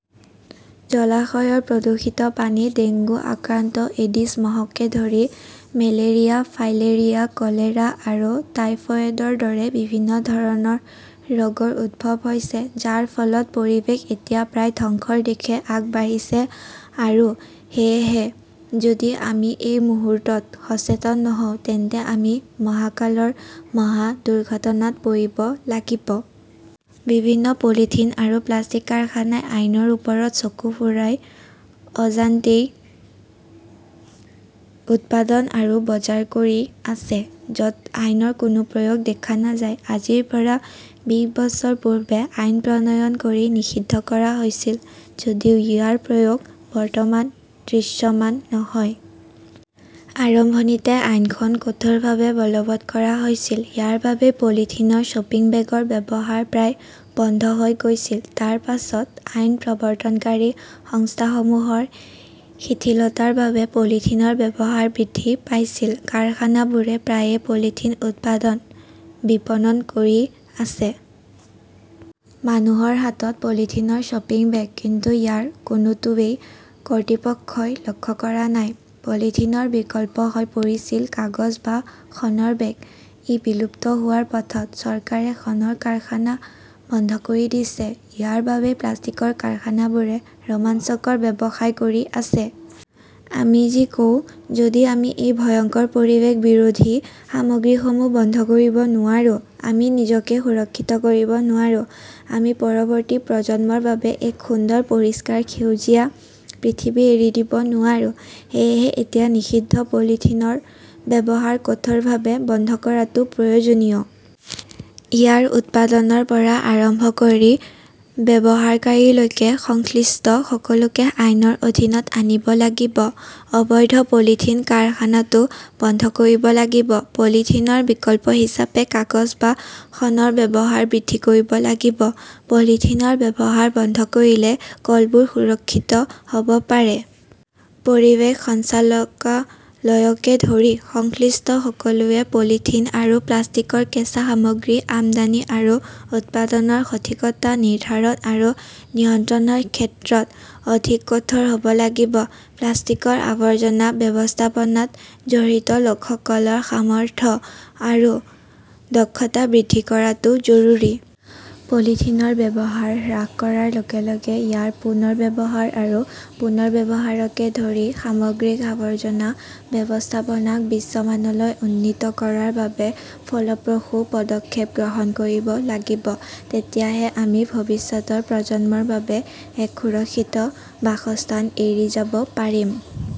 জলাশয়ৰ প্ৰদূষিত পানীত ডেংগু আক্ৰান্ত এডিছ মহকে ধৰি মেলেৰিয়া, ফাইলেৰিয়া, কলেৰা আৰু টাইফয়েডৰ দৰে বিভিন্ন ধৰণৰ ৰোগৰ উদ্ভৱ হৈছে। যাৰ ফলত পৰিৱেশ এতিয়া প্ৰায় ধ্বংসৰ দিশে আগবাঢ়িছে। আৰু সেয়েহে যদি আমি এই মুহূৰ্তত সচেতন নহওঁ, তেন্তে আমি মহাকালৰ মহা দুৰ্ঘটনাত পৰিব লাগিব। বিভিন্ন পলিথিন আৰু প্লাষ্টিক কাৰখানাই আইনৰ ওপৰত চকু ফুৰাই অজান্তেই উৎপাদন আৰু বজাৰ কৰি আছে। য'ত আইনৰ কোনো প্ৰয়োগ দেখা নাযায়। আজিৰ পৰা বিশ বছৰ পূৰ্বে আইন প্ৰণয়ন কৰি নিষিদ্ধ কৰা হৈছিল যদিও ইয়াৰ প্ৰয়োগ বৰ্তমান দৃশ্যমান নহয়। আৰম্ভণিতে আইনখন কঠোৰভাৱে বলৱৎ কৰা হৈছিল। ইয়াৰ বাবেই পলিথিনৰ শ্বপিং বেগৰ ব্যৱহাৰ প্ৰায় বন্ধ হৈ গৈছিল। তাৰ পাছত আইন প্ৰৱৰ্তনকাৰী সংস্থাসমূহৰ শিথিলতাৰ বাবে পলিথিনৰ ব্যৱহাৰ বৃদ্ধি পাইছিল। কাৰখানাবোৰে প্ৰায়ে পলিথিন উৎপাদন, বিপণন কৰি আছে। মানুহৰ হাতত পলিথিনৰ শ্বপিং বেগ। কিন্তু ইয়াৰ কোনোটোৱেই কৰ্তৃপক্ষই লক্ষ্য কৰা নাই। পলিথিনৰ বিকল্প হৈ পৰিছিল কাগজ বা শণৰ বেগ, ই বিলুপ্ত হোৱাৰ পথত। চৰকাৰে শণৰ কাৰখানা বন্ধ কৰি দিছে। ইয়াৰ বাবেই প্লাষ্টিকৰ কাৰখানাবোৰে ৰোমাঞ্চকৰ ব্যৱসায় কৰি আছে। আমি যি কওঁ, যদি আমি এই ভয়ংকৰ পৰিৱেশ বিৰোধী সামগ্ৰীসমূহ বন্ধ কৰিব নোৱাৰোঁ, আমি নিজকে সুৰক্ষিত কৰিব নোৱাৰোঁ, আমি পৰৱৰ্তী প্ৰজন্মৰ বাবে এক সুন্দৰ পৰিষ্কাৰ সেউজীয়া পৃথিৱী এৰি দিব নোৱাৰোঁ। সেয়েহে এতিয়া নিষিদ্ধ পলিথিনৰ ব্যৱহাৰ কঠোৰভাৱে বন্ধ কৰাটো প্ৰয়োজনীয়। ইয়াৰ উৎপাদনৰ পৰা আৰম্ভ কৰি ব্যৱহাৰকাৰীলৈকে সংশ্লিষ্ট সকলোকে আইনৰ অধীনত আনিব লাগিব। অবৈধ পলিথিন কাৰখানাটো বন্ধ কৰিব লাগিব। পলিথিনৰ বিকল্প হিচাপে কাগজ বা শণৰ ব্যৱহাৰ বৃদ্ধি কৰিব লাগিব। পলিথিনৰ ব্যৱহাৰ বন্ধ কৰিলে কলবোৰ সুৰক্ষিত হ'ব পাৰে। পৰিৱেশ সঞ্চালকালয়কে ধৰি সংশ্লিষ্ট সকলোৱে পলিথিন আৰু প্লাষ্টিকৰ কেঁচা সামগ্ৰী আমদানি আৰু উৎপাদনৰ সঠিকতা নিৰ্ধাৰণ আৰু নিয়ন্ত্ৰণৰ ক্ষেত্ৰত অধিক কঠোৰ হ'ব লাগিব। প্লাষ্টিকৰ আৱৰ্জনা ব্যৱস্থাপনাত জড়িত লোকসকলৰ সামৰ্থ্য আৰু দক্ষতা বৃদ্ধি কৰাটো জৰুৰী। পলিথিনৰ ব্যৱহাৰ হ্ৰাস কৰাৰ লগে লগে ইয়াৰ পুনৰ্ব্যৱহাৰ আৰু পুনৰ্ব্যৱহাৰকে ধৰি সামগ্ৰিক আৱৰ্জনা ব্যৱস্থাপনাক বিশ্বমানলৈ উন্নীত কৰাৰ বাবে ফলপ্ৰসূ পদক্ষেপ গ্ৰহণ কৰিব লাগিব। তেতিয়াহে আমি ভৱিষ্যতৰ প্ৰজন্মৰ বাবে এক সুৰক্ষিত বাসস্থান এৰি যাব পাৰিম।